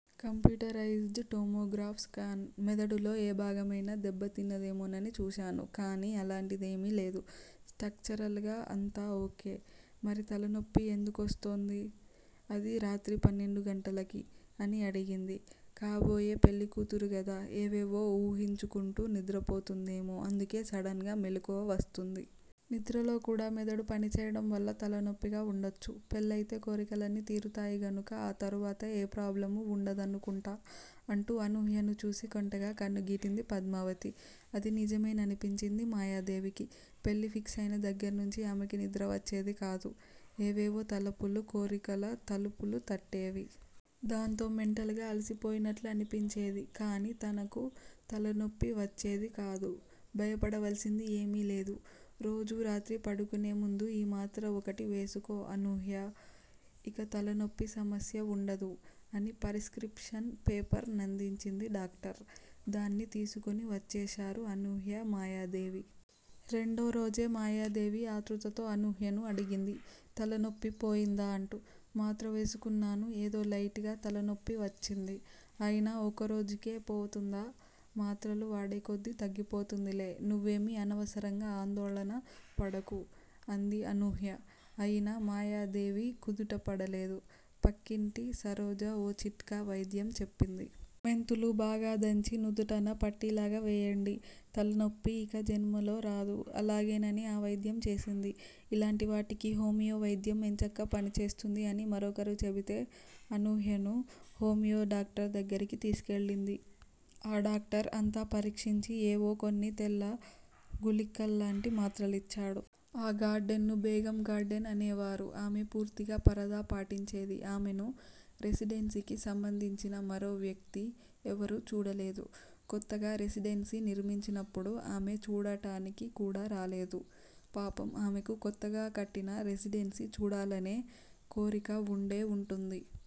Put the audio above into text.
Computerise డ్ tomograph scan. మెదడులో ఏ భాగమైనా దెబ్బ తిన్నదేమోనని చూశాను, కానీ అలాంటిదేమీ లేదు. స్టక్చరల్ గా అంతా ఓకే. మరి తలనొప్పి ఎందుకొస్తోంది? అదీ రాత్రి పన్నెండుగంటలకి? అని అడిగింది. కాబోయే పెళ్ళికూతురు గదా. ఏవేవో ఊహించుకుంటూ నిద్ర పోతుందేమో. అందుకే సడన్ గా మెలకువ వస్తుంది. నిద్రలో కూడా మెదడు పనిచేయడం వల్ల తలనొప్పిగా ఉండొచ్చు. పెళ్ళయితే కోరికలన్నీ తీరుతాయి గనుక ఆ తరువాత ఏ ప్రాబ్లమూ వుండదనుకుంటా అంటూ అనూహ్యను చూసి కొంటెగా కన్నుగీటింది పద్మావతి. అది నిజమేననిపించింది మాయాదేవికి. పెళ్ళి ఫిక్సయిన దగ్గర్నుంచి ఆమెకి నిద్ర వచ్చేది కాదు. ఏవేవో తలపులు కోరికల తలుపులు తట్టేవి. దాంతో మెంటల్ గా అలిసిపోయినట్లనిపించేది, కానీ తనకు తలనొప్పి వచ్చేది కాదు. భయపడవలసింది ఏమీ లేదు. రోజూ రాత్రి పడుకునే ముందు ఈ మాత్ర ఒకటి వేసుకో అనూహ్య- ఇక తలనొప్పి సమస్య వుండదు అని పరిస్క్రిప్షన్ పేపర్ నందించింది డాక్టర్. దాన్ని తీసుకుని వచ్చేశారు అనూహ్య, మాయాదేవి. రెండో రోజే మాయాదేవి ఆత్రుతతో అనూహ్యను అడిగింది- తలనొప్పి పోయిందా? అంటూ. మాత్ర వేసుకున్నాను ఏదో లైట్ గా తలనొప్పి వచ్చింది. అయినా ఒకరోజుకే పోతుందా? మాత్రలు వాడేకొద్దీ తగ్గిపోతుందిలే. నువ్వేమీ అనవసరంగా ఆందోళన పడకు అంది అనూహ్య. అయినా మాయాదేవి కుదుటపడలేదు. పక్కింటి సరోజ ఓ చిట్కా వైద్యం చెప్పింది. మెంతులు బాగా దంచి, నుదుటన పట్టీలాగా వేయండి. తలనొప్పి ఇక జన్మలో రాదు అలాగేనని ఆ వైద్యం చేసింది. ఇలాంటివాటికి హోమియో వైద్యం ఎంచక్కా పనిచేస్తుంది అని మరొకరు చెబితే అనూహ్యను హోమియో డాక్టర్ దగ్గరికి తీసుకెళ్ళింది. ఆ డాక్టర్ అంతా పరీక్షించి ఏవో కొన్ని తెల్ల గుళికల్లాంటి మాత్రలిచ్చాడు. ఆ గార్డెన్ ను బేగం గార్డెన్ అనేవారు. ఆమె పూర్తిగా పరదా పాటించేది. ఆమెను రెసిడెన్సీకి సంబంధించిన మరో వ్యక్తి ఎవరూ చూడలేదు. కొత్తగా రెసిడెన్సీ నిర్మించినప్పుడు ఆమె చూడటానికి కూడా రాలేదు. పాపం ఆమెకు కొత్తగా కట్టిన రెసిడెన్సీ చూడాలనే కోరిక వుండే వుంటుంది.